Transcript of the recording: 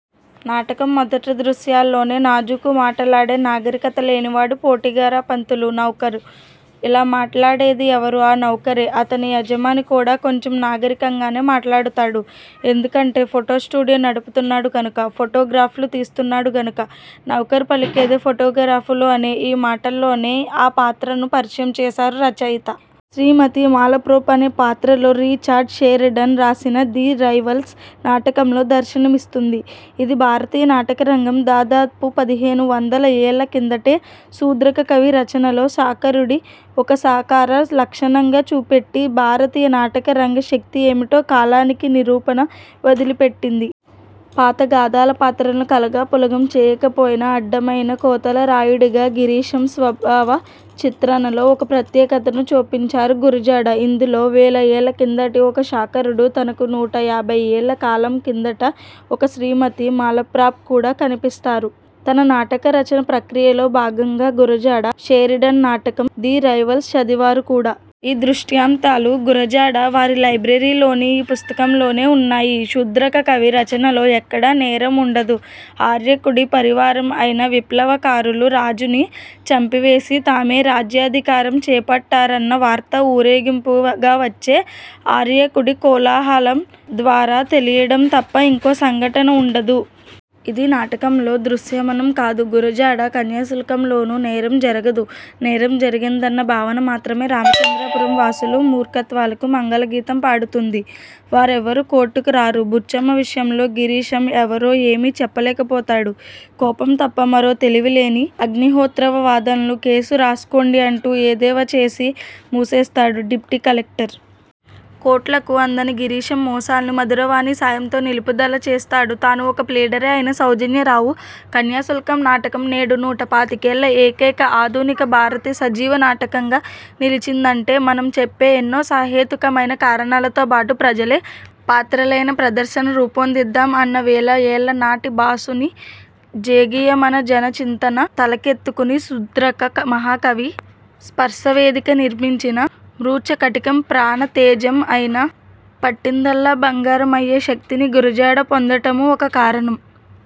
నాటకం మొదటి దృశ్యాలలోనే, నాజూకు మాటలాడే నాగరికత లేనివాడు పొటిగరాప్పంతులు నౌకరు. ఇలా మాట్లాడేది ఎవరు? ఆ నౌకరే! అతని యజమాని కూడా కొంచెం నాగరికంగానే మాట్లాడుతాడు, ఎందుకంటే ఫోటో స్టుడియో నడుపుతున్నాడు కనుక. ఫోటోగ్రాఫ్లూ తీస్తున్నాడు కనుక. --నౌకరు పలికేది పొటిగరాపులు అనే. ఈ మాటల్లోనే ఆ పాత్రను పరిచయం చేశారు రచయిత. శ్రీమతి 'మాలాప్రోప్' అనే పాత్ర లో రిచర్డ్ షెరిడన్ రాసిన 'ది రైవల్స్' నాటకంలో దర్శనం ఇస్తుంది. ఇది భారతీయ నాటక రంగం దాదాపు పదిహేను వందల ఏళ్ల కిందటే, శూద్రక కవి రచనలో, శకారుడి ఒక సాకార లక్షణంగా చూపెట్టి, భారతీయ నాటక రంగ శక్తి ఏమిటో కాలానికి నిరూపణ వదిలిపెట్టింది. పాత గాథల పాత్రలను కలగాపులగం చేయకపోయినా, అడ్డమైన కోతలరాయుడిగా గిరీశం స్వభావ చిత్రణలో ఒక ప్రత్యేకతను చొప్పించారు గురజాడ. ఇందులో వేల ఏళ్ల కిందటి ఒక శకారుడు, తనకు నూట యాభై ఏళ్ల కాలం కిందటి ఒక 'శ్రీమతి మాలప్రాప్' కూడా కనిపిస్తారు. తన నాటక రచనా ప్రక్రియలో భాగంగా గురజాడ షెరిడన్ నాటకం 'ది రైవల్స్' చదివారు కూడా. ఈ దృష్టాంతాలు గురజాడ వారి లైబ్రరీలోని ఈ పుస్తకంలోనే ఉన్నాయి. శూద్రక కవి రచనలో ఎక్కడా నేరం ఉండదు. ఆర్యకుడి పరివారం అయిన విప్లవకారులు రాజుని చంపి వేసి, తామే రాజ్యాధికారం చేపట్టారన్న వార్త ఊరేగింపుగావచ్చే ఆర్యకుడి కోలాహలం ద్వారా తెలియడం తప్ప ఇంకో సంఘటన ఉండదు. ఇది నాటకంలో దృశ్యమానం కాదు. గురజాడ కన్యాశుల్కంలోనూ నేరం జరగదు, నేరం జరిగిందన్న భావన మాత్రమే రామచంద్రపురం వాసుల మూర్ఖత్వాలకు మంగళ గీతం పాడుతుంది. వారెవరూ కోర్ట్కు రారు. బుచ్చమ్మ విషయంలో గిరీశం ఎవరో ఏమీ చెప్పలేక పోతాడు కోపం తప్ప మరో తెలివి లేని అగ్నిహోత్రావధాన్లు, కేసు రాసుకోండి అంటూ ఎద్దేవాచేసి మూసేస్తాడు డిప్టీ కలెక్టర్. కోర్ట్లకు అందని గిరీశం మోసాన్ని మధురవాణి సాయంతో నిలుపుదల చేస్తాడు, తానూ ఒక ప్లీడరే అయిన సౌజన్యారావు. కన్యాశుల్క నాటకం నేడు నూట పాతికేళ్ళ ఏకైక ఆధునిక భారతీయ సజీవ నాటకంగా నిలిచిందీ అంటే, మనం చెప్పే ఎన్నో సహేతుకమైన కారణాలతో బాటు, ప్రజలే పాత్రలైన ప్రదర్శన రూపొందిద్దాం అన్న వేలఏళ్ల నాటి భాసుని జేగీయమాన జన చింతన తలకెత్తుకుని శూద్రక మహాకవి స్పర్శవేదిగా నిర్మించిన మృచ్ఛకటికం ప్రాణ తేజం అయిన పట్టిందల్లా బంగారం అయ్యే శక్తిని గురజాడ పొందటమూ ఒక కారణం.